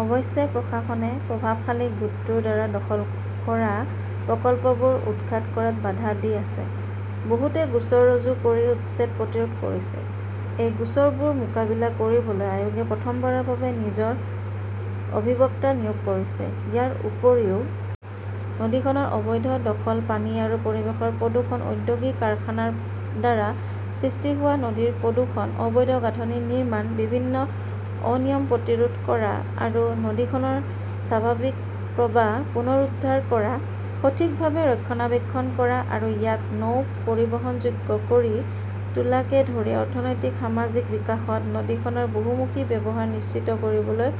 অৱশ্যে, প্ৰশাসনে প্ৰভাৱশালী গোটটোৰ দ্বাৰা দখল কৰা প্ৰকল্পবোৰ উৎখাত কৰাত বাধা দি আছে। বহুতে গোচৰ ৰুজু কৰি উচ্ছেদ প্ৰতিৰোধ কৰিছে। এই গোচৰবোৰ মোকাবিলা কৰিবলৈ আয়োগে প্ৰথমবাৰৰ বাবে নিজৰ অধিবক্তা নিয়োগ কৰিছে। ইয়াৰ উপৰিও, নদীখনৰ অবৈধ দখল, পানী আৰু পৰিৱেশৰ প্ৰদূষণ, ঔদ্যোগিক কাৰখানাৰ দ্বাৰা সৃষ্টি হোৱা নদীৰ প্ৰদূষণ, অবৈধ গাঁথনি নিৰ্মাণ, বিভিন্ন অনিয়ম প্ৰতিৰোধ কৰা আৰু নদীখনৰ স্বাভাৱিক প্ৰবাহ পুনৰুদ্ধাৰ কৰা, সঠিকভাৱে ৰক্ষণাবেক্ষণ কৰা আৰু ইয়াক নৌ-পৰিবহণযোগ্য কৰি তোলাকে ধৰি অৰ্থনৈতিক-সামাজিক বিকাশত নদীখনৰ বহুমুখী ব্যৱহাৰ নিশ্চিত কৰিবলৈ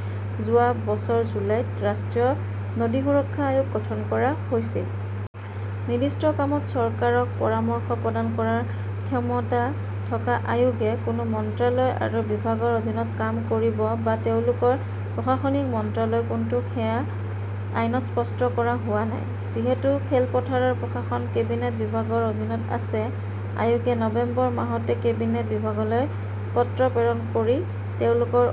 যোৱা বছৰ জুলাইত ৰাষ্ট্ৰীয় নদী সুৰক্ষা আয়োগ গঠন কৰা হৈছিল। নিৰ্দিষ্ট কামত চৰকাৰক পৰামৰ্শ প্ৰদান কৰাৰ ক্ষমতা থকা আয়োগে কোনো মন্ত্ৰালয় আৰু বিভাগৰ অধীনত কাম কৰিব বা তেওঁলোকৰ প্ৰশাসনিক মন্ত্ৰালয় কোনটো সেয়া আইনত স্পষ্ট কৰা হোৱা নাই। যিহেতু খেলপথাৰৰ প্ৰশাসন কেবিনেট বিভাগৰ অধীনত আছে, আয়োগে নৱেম্বৰ, মাহতে কেবিনেট বিভাগলৈ পত্ৰ প্ৰেৰণ কৰি তেওঁলোকৰ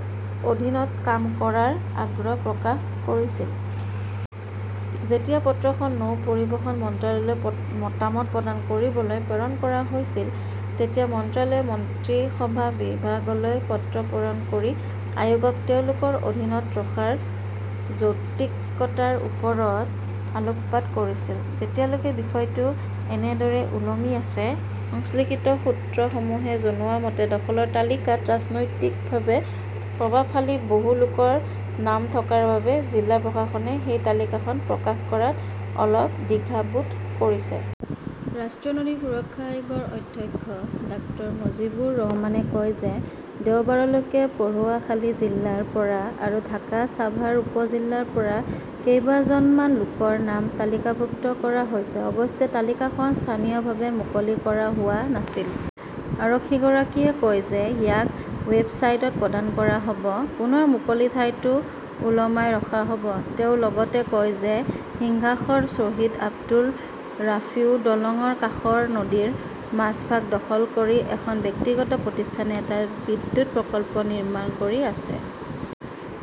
অধীনত কাম কৰাৰ আগ্ৰহ প্ৰকাশ কৰিছিল। যেতিয়া পত্ৰখন নৌ পৰিবহণ মন্ত্ৰালয়লৈ মতামত প্ৰদান কৰিবলৈ প্ৰেৰণ কৰা হৈছিল, তেতিয়া মন্ত্ৰালয়ে মন্ত্ৰীসভা বিভাগলৈ পত্ৰ প্ৰেৰণ কৰি আয়োগক তেওঁলোকৰ অধীনত ৰখাৰ যৌক্তিকতাৰ ওপৰত আলোকপাত কৰিছিল। যেতিয়ালৈকে বিষয়টো এনেদৰেই ওলমি আছে। সংশ্লিষ্ট সূত্ৰসমূহে জনোৱা মতে, দখলৰ তালিকাত ৰাজনৈতিকভাৱে প্ৰভাৱশালী বহু লোকৰ নাম থকাৰ বাবে জিলা প্ৰশাসনে সেই তালিকাখন প্ৰকাশ কৰাত অলপ দ্বিধাবোধ কৰিছে। ৰাষ্ট্ৰীয় নদী সুৰক্ষা আয়োগৰ অধ্যক্ষ ডাঃ মুজিবুৰ ৰহমানে কয় যে দেওবাৰলৈকে পটুৱাখালি জিলাৰ পৰা আৰু ঢাকাৰ ছাভাৰ উপ-জিলাৰ পৰা কেইবা জন মান লোকৰ নাম তালিকাভুক্ত কৰা হৈছে। অৱশ্যে, তালিকাখন স্থানীয়ভাৱে মুকলি কৰা হোৱা নাছিল। অধ্যক্ষগৰাকীয়ে কয় যে ইয়াক ৱেবছাইটত প্ৰদান কৰা হব। পুনৰ মুকলি ঠাইতো ওলমাই ৰখা হ'ব। তেওঁ লগতে কয় যে সিংহাইৰ শ্বহীদ আব্দুৰ ৰাউফ দলংৰ কাষৰ নদীৰ মাজভাগ দখল কৰি এখন ব্যক্তিগত প্ৰতিষ্ঠানে এটা বিদ্যুৎ প্ৰকল্প নিৰ্মাণ কৰি আছে।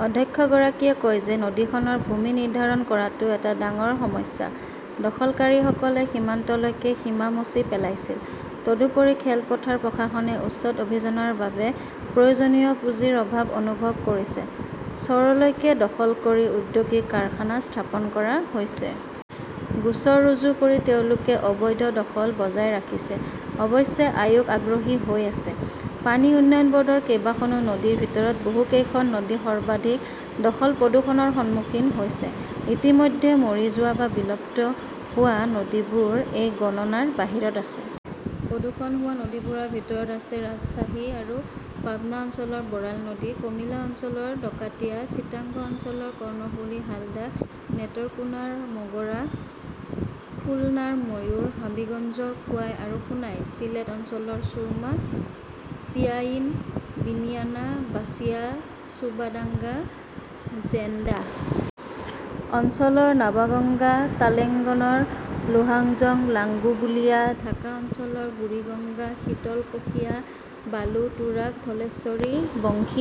অধ্যক্ষগৰাকীয়ে কয় যে নদীখনৰ ভূমি নিৰ্ধাৰণ কৰাটো এটা ডাঙৰ সমস্যা। দখলকাৰীসকলে সীমান্তলৈকে সীমা মচি পেলাইছিল। তদুপৰি, খেলপথাৰ প্ৰশাসনে উচ্ছেদ অভিযানৰ বাবে প্ৰয়োজনীয় পুঁজিৰ অভাৱ অনুভৱ কৰিছে। চৰলৈকে দখল কৰি ঔদ্যোগিক কাৰখানা স্থাপন কৰা হৈছে। গোচৰ ৰুজু কৰি তেওঁলোকে অবৈধ দখল বজাই ৰাখিছে। অৱশ্যে আয়োগ আগ্ৰহী হৈ আছে। পানী উন্নয়ন বৰ্ডৰ কেইবা খনো নদীৰ ভিতৰত বহুত কেইখন নদী সৰ্বাধিক দখল-প্ৰদূষণৰ সন্মুখীন হৈছে। ইতিমধ্যে মৰি যোৱা বা বিলুপ্ত হোৱা নদীবোৰ এই গণনাৰ বাহিৰত আছে। প্ৰদূষণ হোৱা নদীবোৰৰ ভিতৰত আছে ৰাজশ্বাহী আৰু পাবনা অঞ্চলৰ বৰাল নদী; কমিলা অঞ্চলৰ ডকাতিয়া; চিটাগং অঞ্চলৰ কৰ্ণফুলি, হালদা; নেটৰকোনাৰ মগৰা; খুলনাৰ ময়ূৰ; হাবিগঞ্জৰ খোৱাই আৰু সোনাই; চিলেট অঞ্চলৰ ছুৰমা, পিয়াইন, বিনিয়ানা, বাচিয়া; চুৱাদাঙ্গা-ঝেনদাহ অঞ্চলৰ নৱাগঙ্গা; টালেংগনৰ লোহাজং, লাংগুলিয়া; ঢাকা অঞ্চলৰ বুৰিগঙ্গা, শীতলকশিয়া, বালু, তুৰাগ, ধলেশ্বৰী, বংশী